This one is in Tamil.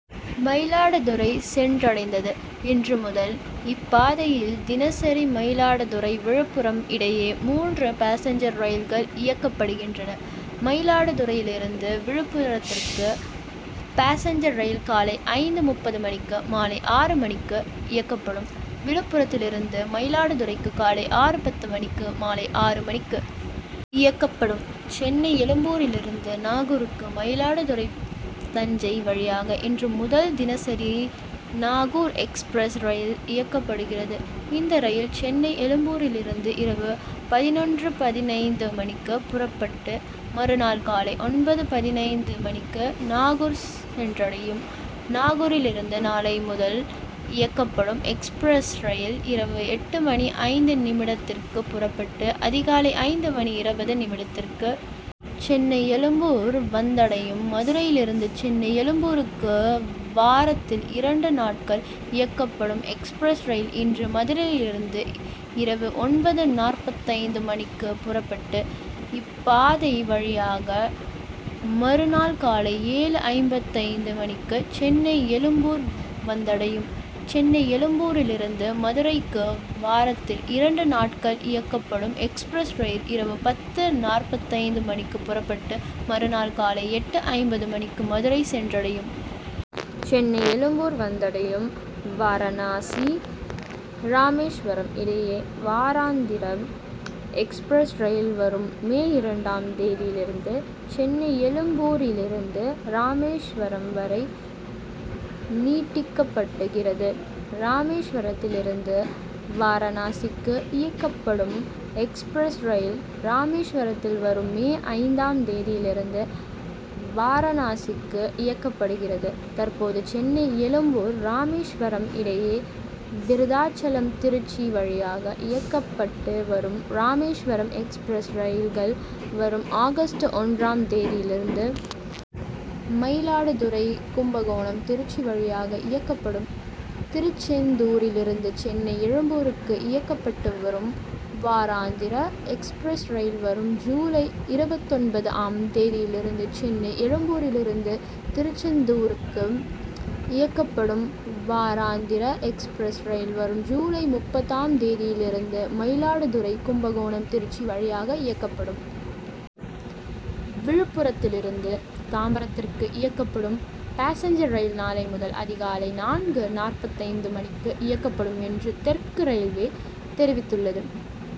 மயிலாடுதுறை சென்றடைந்தது. இன்று முதல் இப்பாதையில் தினசரி மயிலாடுதுறை விழுப்புரம் இடையே மூன்று பாசஞ்சர் ரயில்கள் இயக்கப்படுகின்றன. மயிலாடுதுறையிலிருந்து விழுப்புரத்திற்கு பாசஞ்சர் ரயில் காலை ஐந்து முப்பது மணிக்கு, மாலை ஆறு மணிக்கு. இயக்கப்படும். விழுப்புரத்திலிருந்து மயிலாடுதுறைக்கு காலை ஆறு பத்து மணிக்கும், மாலை ஆறு மணிக்கு. இயக்கப்படும். சென்னை எழும்பூரிலிருந்து நாகூருக்கு மயிலாடுதுறை தஞ்சை வழியாக இன்று முதல் தினசரி நாகூர் எக்ஸ்பிரஸ் ரயில் இயக்கப்படுகிறது. இந்த ரயில் சென்னை எழும்பூரிலிருந்து இரவு பதினொன்று பதினைந்து மணிக்கு புறப்பட்டு, மறுநாள் காலை ஒன்பது பதினைந்து மணிக்கு. நாகூர் சென்றடையும். நாகூரிலிருந்து நாளை முதல் இயக்கப்படும் எக்ஸ்பிரஸ் ரயில் இரவு எட்டு மணி ஐந்து நிமிடத்திற்கு புறப்பட்டு, அதிகாலை ஐந்து மணி இருபது நிமிடத்திற்கு. சென்னை எழும்பூர் வந்தடையும். மதுரையிலிருந்து சென்னை எழும்பூருக்கு வாரத்தில் இரண்டு நாட்கள் இயக்கப்படும் எக்ஸ்பிரஸ் ரயில் இன்று மதுரையிலிருந்து இரவு ஒன்பது நாற்பத்தைந்து மணிக்கு புறப்பட்டு, இப்பாதை வழியாக மறுநாள் காலை ஏழு ஐம்பத்தைந்து மணிக்கு. சென்னை எழும்பூர் வந்தடையும். சென்னை எழும்பூரிலிருந்து மதுரைக்கு வாரத்தில் இரண்டு நாட்கள் இயக்கப்படும் எக்ஸ்பிரஸ் ரயில் இரவு பத்து நாற்பத்தைந்து மணிக்கு புறப்பட்டு, மறுநாள் காலை எட்டு ஐம்பது மணிக்கு மதுரை சென்றடையும். சென்னை எழும்பூர் வந்தடையும். வாரணாசி ராமேஸ்வரம் இடையே வாராந்திர எக்ஸ்பிரஸ் ரயில் வரும் மே இரண்டு ஆம் தேதியிலிருந்து. சென்னை எழும்பூரிலிருந்து ராமேஸ்வரம் வரை நீட்டிக்கப்படுகிறது. ராமேஸ்வரத்திலிருந்து வாரணாசிக்கு இயக்கப்படும் எக்ஸ்பிரஸ் ரயில் ராமேஸ்வரத்தில் வரும் மே ஐந்து ஆம் தேதியிலிருந்து. வாரணாசிக்கு இயக்கப்படுகிறது. தற்போது சென்னை எழும்பூர் ராமேஸ்வரம் இடையே விருத்தாசலம் திருச்சி வழியாக இயக்கப்பட்டு வரும் ராமேஸ்வரம் எக்ஸ்பிரஸ் ரயில்கள் வரும் ஆகஸ்ட் ஒன்று ஆம்.தேதியிலிருந்து மயிலாடுதுறை கும்பகோணம் திருச்சி வழியாக இயக்கப்படும். திருச்செந்தூரிலிருந்து சென்னை எழும்பூருக்கு இயக்கப்பட்டு வரும் வாராந்திர எக்ஸ்பிரஸ் ரயில் வரும் ஜூலை இருபத்தொன்பது ஆம் தேதியிலிருந்தும் சென்னை எழும்பூரிலிருந்து திருச்செந்தூருக்கு இயக்கப்படும் வாராந்திர எக்ஸ்பிரஸ் ரயில் வரும் ஜூலை முப்பது ஆம் தேதியிலிருந்தும் மயிலாடுதுறை கும்பகோணம் திருச்சி வழியாக இயக்கப்படும். விழுப்புரத்திலிருந்து தாம்பரத்திற்கு இயக்கப்படும் பாசஞ்சர் ரயில் நாளை முதல் அதிகாலை நான்கு நாற்பத்தைந்து மணிக்கு இயக்கப்படும் என்றும் தெற்கு ரயில்வே தெரிவித்துள்ளது.